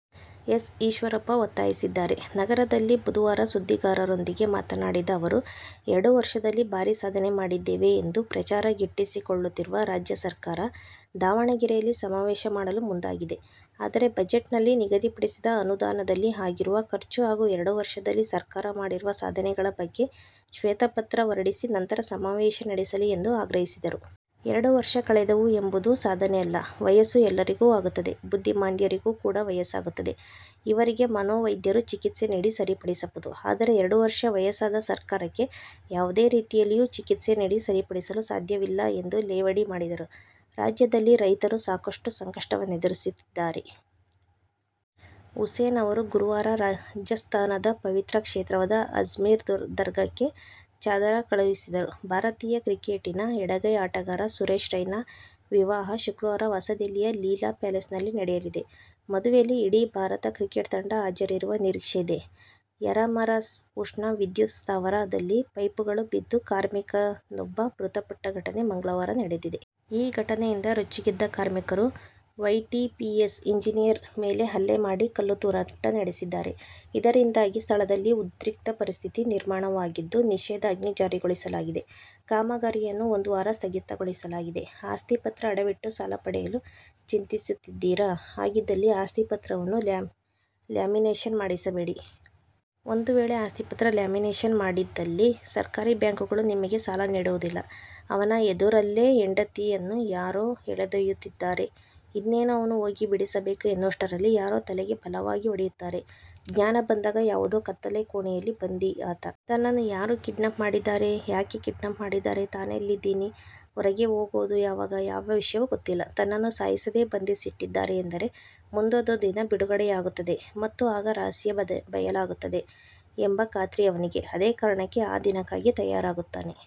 S. Eshwarappa ಒತ್ತಾಯಿಸಿದ್ದಾರೆ. ನಗರದಲ್ಲಿ ಬುಧವಾರ ಸುದ್ದಿಗಾರರೊಂದಿಗೆ ಮಾತನಾಡಿದ ಅವರು, ಎರಡು ವರ್ಷದಲ್ಲಿ ಭಾರೀ ಸಾಧನೆ ಮಾಡಿದ್ದೇವೆ ಎಂದು ಪ್ರಚಾರ ಗಿಟ್ಟಿಸಿಕೊಳ್ಳುತ್ತಿರುವ ರಾಜ್ಯ ಸರ್ಕಾರ ದಾವಣಗೆರೆಯಲ್ಲಿ ಸಮಾವೇಶ ಮಾಡಲು ಮುಂದಾಗಿದೆ. ಆದರೆ, ಬಜೆಟ್ನಲ್ಲಿ ನಿಗದಿಪಡಿಸಿದ ಅನುದಾನದಲ್ಲಿ ಆಗಿರುವ ಖರ್ಚು ಹಾಗೂ ಎರಡು ವರ್ಷದಲ್ಲಿ ಸರ್ಕಾರ ಮಾಡಿರುವ ಸಾಧನೆಗಳ ಬಗ್ಗೆ ಶ್ವೇತಪತ್ರ ಹೊರಡಿಸಿ ನಂತರ ಸಮಾವೇಶ ನಡೆಸಲಿ ಎಂದು ಆಗ್ರಹಿಸಿದರು. ಎರಡು ವರ್ಷ ಕಳೆದವು ಎಂಬುದು ಸಾಧನೆಯಲ್ಲ. ವಯಸ್ಸು ಎಲ್ಲರಿಗೂ ಆಗುತ್ತದೆ. ಬುದ್ಧಿಮಾಂದ್ಯರಿಗೂ ಕೂಡ ವಯಸ್ಸಾಗುತ್ತದೆ. ಇವರಿಗೆ ಮನೋವೈದ್ಯರು ಚಿಕಿತ್ಸೆ ನೀಡಿ ಸರಿಪಡಿಸಬಹುದು. ಆದರೆ, ಎರಡು ವರ್ಷ ವಯಸ್ಸಾದ ಸರ್ಕಾರಕ್ಕೆ ಯಾವುದೇ ರೀತಿಯಲ್ಲಿಯೂ ಚಿಕಿತ್ಸೆ ನೀಡಿ ಸರಿಪಡಿಸಲು ಸಾಧ್ಯವಿಲ್ಲ ಎಂದು ಲೇವಡಿ ಮಾಡಿದರು. ರಾಜ್ಯದಲ್ಲಿ ರೈತರು ಸಾಕಷ್ಟು ಸಂಕಷ್ಟವನ್ನೆದುರಿಸುತ್ತಿದ್ದಾರೆ. ಹುಸೇನ್ ಅವರು ಗುರುವಾರ ರಾಜಸ್ಥಾನದ ಪವಿತ್ರ ಕ್ಷೇತ್ರವಾದ ಅಜ್ಮೇರ್ ದರ್ಗಾಕ್ಕೆ ಚಾದರ ಕಳುಹಿಸಿದರು. ಭಾರತೀಯ ಕ್ರಿಕೆಟಿನ ಎಡಗೈ ಆಟಗಾರ ಸುರೇಶ್ ರೈನಾ ವಿವಾಹ ಶುಕ್ರವಾರ ಹೊಸದಿಲ್ಲಿಯ ಲೀಲಾ ಪ್ಯಾಲೇಸ್ನಲ್ಲಿ ನಡೆಯಲಿದೆ. ಮದುವೆಯಲ್ಲಿ ಇಡೀ ಭಾರತ ಕ್ರಿಕೆಟ್ ತಂಡ ಹಾಜರಿರುವ ನಿರೀಕ್ಷೆಯಿದೆ. ಯರಮರಸ್ ಉಷ್ಣ ವಿದ್ಯುತ್ ಸ್ಥಾವರ ದಲ್ಲಿ ಪೈಪುಗಳು ಬಿದ್ದು ಕಾರ್ಮಿಕನೊಬ್ಬ ಮೃತಪಟ್ಟ ಘಟನೆ ಮಂಗಳವಾರ ನಡೆದಿದೆ. ಈ ಘಟನೆಯಿಂದ ರೊಚ್ಚಿಗೆದ್ದ ಕಾರ್ಮಿಕರು, ವೈಟಿಪಿಎಸ್ ಇಂಜಿನಿಯರ್ ಮೇಲೆ ಹಲ್ಲೆ ಮಾಡಿ, ಕಲ್ಲು ತೂರಾಟ ನಡೆಸಿದ್ದಾರೆ. ಇದರಿಂದಾಗಿ ಸ್ಥಳದಲ್ಲಿ ಉದ್ರಿಕ್ತ ಪರಿಸ್ಥಿತಿ ನಿರ್ಮಾಣವಾಗಿದ್ದು, ನಿಷೇಧಾಜ್ಞೆ ಜಾರಿಗೊಳಿಸಲಾಗಿದೆ. ಕಾಮಗಾರಿಯನ್ನು ಒಂದು ವಾರ ಸ್ಥಗಿತಗೊಳಿಸಲಾಗಿದೆ. ಆಸ್ತಿ ಪತ್ರ ಅಡವಿಟ್ಟು ಸಾಲ ಪಡೆಯಲು ಚಿಂತಿಸಿದ್ದೀರಾ? ಹಾಗಿದ್ದಲ್ಲಿ ಆಸ್ತಿ ಪತ್ರವನ್ನು ಲ್ಯಾಮಿನೇಷನ್ ಮಾಡಿಸ ಬೇಡಿ. ಒಂದು ವೇಳೆ ಆಸ್ತಿ ಪತ್ರ ಲ್ಯಾಮಿನೇಷನ್ ಮಾಡಿ ದ್ದಲ್ಲಿ ಸರ್ಕಾರಿ ಬ್ಯಾಂಕ್ಗಳು ನಿಮಗೆ ಸಾಲ ನೀಡುವುದಿಲ್ಲ. ಅವನ ಎದುರಲ್ಲೇ ಹೆಂಡತಿಯನ್ನು ಯಾರೋ ಎಳೆದೊಯ್ಯುತ್ತಿದ್ದಾರೆ. ಇನ್ನೇನು ಅವನು ಹೋಗಿ ಬಿಡಿಸಬೇಕು ಎನ್ನುವಷ್ಟರಲ್ಲಿ ಯಾರೋ ತಲೆಗೆ ಬಲವಾಗಿ ಹೊಡೆಯುತ್ತಾರೆ. ಜ್ಞಾನ ಬಂದಾಗ ಯಾವುದೋ ಕತ್ತಲೆ ಕೋಣೆಯಲ್ಲಿ ಬಂಧಿ ಆತ. ತನ್ನನ್ನು ಯಾರು ಕಿಡ್ನಾಪ್ ಮಾಡಿದ್ದಾರೆ, ಯಾಕೆ ಕಿಡ್ನಾಪ್ ಮಾಡಿದ್ದಾರೆ, ತಾನೆಲ್ಲಿದ್ದೀನಿ, ಹೊರಗೆ ಹೋಗೋದು ಯಾವಾಗ ಯಾವ ವಿಷಯವೂ ಗೊತ್ತಿಲ್ಲ. ತನ್ನನ್ನು ಸಾಯಿಸದೇ ಬಂಧಿಸಿಟ್ಟಿದ್ದಾರೆ ಎಂದರೆ, ಮುಂದೊಂದು ದಿನ ಬಿಡುಗಡೆಯಾಗುತ್ತದೆ ಮತ್ತು ಆಗ ರಹಸ್ಯ ಬಯಲಾಗುತ್ತದೆ ಎಂಬ ಖಾತ್ರಿ ಅವನಿಗೆ. ಅದೇ ಕಾರಣಕ್ಕೆ ಆ ದಿನಕ್ಕಾಗಿ ತಯಾರಾಗುತ್ತಾನೆ.